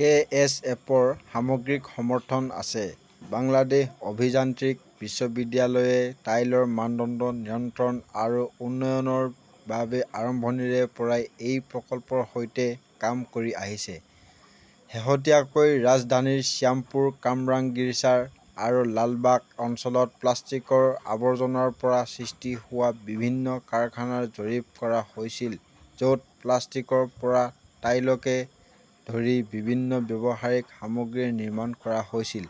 কে. S. F. ৰ সামগ্ৰিক সমৰ্থন আছে। বাংলাদেশ অভিযান্ত্ৰিক বিশ্ববিদ্যালয়ে টাইলৰ মানদণ্ড নিয়ন্ত্ৰণ আৰু উন্নয়নৰ বাবে আৰম্ভণিৰে পৰাই এই প্ৰকল্পৰ সৈতে কাম কৰি আহিছে। শেহতীয়াকৈ ৰাজধানীৰ শ্যামপুৰ, কামৰাংগীৰচাৰ আৰু লালবাগ অঞ্চলত প্লাষ্টিকৰ আৱৰ্জনাৰ পৰা সৃষ্টি হোৱা বিভিন্ন কাৰখানাৰ জৰীপ কৰা হৈছিল, য'ত প্লাষ্টিকৰ পৰা টাইলকে ধৰি বিভিন্ন ব্যৱহাৰিক সামগ্ৰী নিৰ্মাণ কৰা হৈছিল।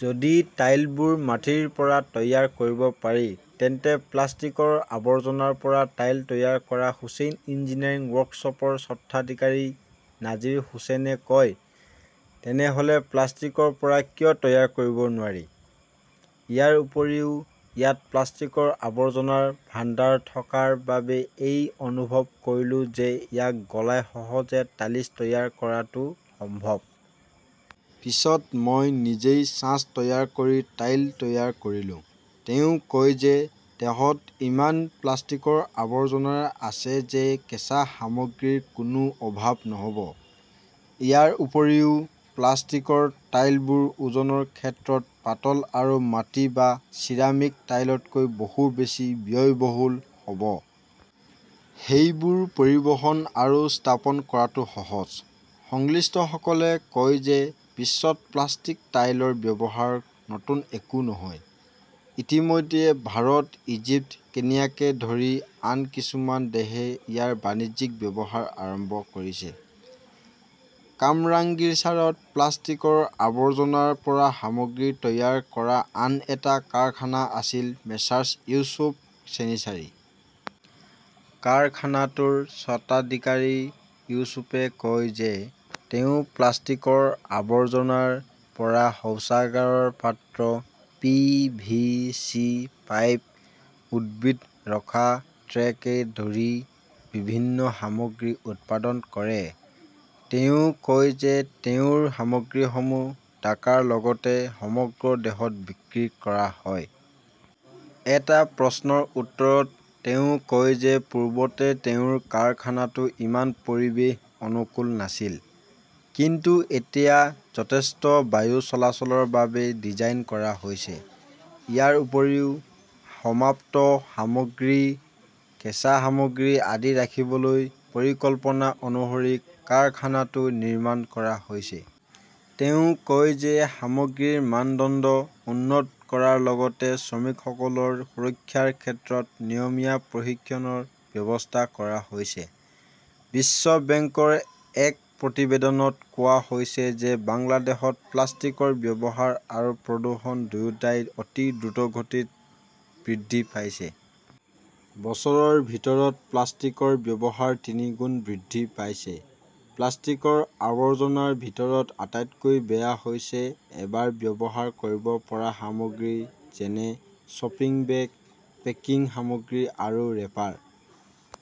যদি টাইলবোৰ মাটিৰ পৰা তৈয়াৰ কৰিব পাৰি তেন্তে প্লাষ্টিকৰ আৱৰ্জনাৰ পৰা টাইল তৈয়াৰ কৰা হোছেইন ইঞ্জিনিয়াৰিং ৱৰ্কশ্বপৰ স্বত্বাধিকাৰী নাজিৰ হোছেনে কয়। তেনেহ'লে প্লাষ্টিকৰ পৰা কিয় তৈয়াৰ কৰিব নোৱাৰি? ইয়াৰ উপৰিও ইয়াত প্লাষ্টিকৰ আৱৰ্জনাৰ ভাণ্ডাৰ থকাৰ বাবে মই অনুভৱ কৰিলো যে, ইয়াক গলাই সহজে টালিছ তৈয়াৰ কৰাটো সম্ভৱ। পিছত মই নিজেই ছাঁচ তৈয়াৰ কৰি টাইল তৈয়াৰ কৰিলো। তেওঁ কয় যে, দেশত ইমান প্লাষ্টিকৰ আৱৰ্জনা আছে যে কেঁচা সামগ্ৰীৰ কোনো অভাৱ নহ'ব। ইয়াৰ উপৰিও, প্লাষ্টিকৰ টাইলবোৰ ওজনৰ ক্ষেত্ৰত পাতল আৰু মাটি বা চিৰামিক টাইলতকৈ বহু বেছি ব্যয়বহুল হ 'ব। সেইবোৰ পৰিবহণ আৰু স্থাপন কৰাটো সহজ। সংশ্লিষ্টসকলে কয় যে বিশ্বত প্লাষ্টিক টাইলৰ ব্যৱহাৰ নতুন একো নহয়। ইতিমধ্যে ভাৰত, ইজিপ্ত, কেনিয়াকে ধৰি আন কিছুমান দেশে ইয়াৰ বাণিজ্যিক ব্যৱহাৰ আৰম্ভ কৰিছে। কামৰাংগীৰচাৰত প্লাষ্টিকৰ আৱৰ্জনাৰ পৰা সামগ্ৰী তৈয়াৰ কৰা আন এটা কাৰখানা আছিল মেছাৰ্ছ ইউছুফ ছেনিচাৰী। কাৰখানাটোৰ স্বত্বাধিকাৰী ইউছুফে কয় যে, তেওঁ প্লাষ্টিকৰ আৱৰ্জনাৰ পৰা শৌচাগাৰৰ পাত্ৰ, পি. ভি. চি. পাইপ, উদ্ভিদ ৰখা ট্ৰেকে ধৰি বিভিন্ন সামগ্ৰী উৎপাদন কৰে। তেওঁ কয় যে, তেওঁৰ সামগ্ৰীসমূহ ঢাকাৰ লগতে সমগ্ৰ দেশতে বিক্ৰী কৰা হয়। এটা প্ৰশ্নৰ উত্তৰত তেওঁ কয় যে পূৰ্বতে তেওঁৰ কাৰখানাটো ইমান পৰিৱেশ অনুকূল নাছিল। কিন্তু এতিয়া যথেষ্ট বায়ু চলাচলৰ বাবে ডিজাইন কৰা হৈছে। ইয়াৰ উপৰিও, সমাপ্ত সামগ্ৰী, কেঁচা সামগ্ৰী আদি ৰাখিবলৈ পৰিকল্পনা অনুসৰি কাৰখানাটো নিৰ্মাণ কৰা হৈছে। তেওঁ কয় যে সামগ্ৰীৰ মানদণ্ড উন্নত কৰাৰ লগতে শ্ৰমিকসকলৰ সুৰক্ষাৰ ক্ষেত্ৰত নিয়মীয়া প্ৰশিক্ষণৰ ব্যৱস্থা কৰা হৈছে। বিশ্ব বেংকৰ এক প্ৰতিবেদনত কোৱা হৈছে যে বাংলাদেশত প্লাষ্টিকৰ ব্যৱহাৰ আৰু প্ৰদূষণ দুয়োটাই অতি দ্ৰুতগতিত বৃদ্ধি পাইছে। বছৰৰ ভিতৰত প্লাষ্টিকৰ ব্যৱহাৰ তিনিগুণ বৃদ্ধি পাইছে। প্লাষ্টিকৰ আৱৰ্জনাৰ ভিতৰত আটাইতকৈ বেয়া হৈছে এবাৰ ব্যৱহাৰ কৰিব পৰা সামগ্ৰী, যেনে শ্বপিং বেগ, পেকিং সামগ্ৰী আৰু ৰেপাৰ।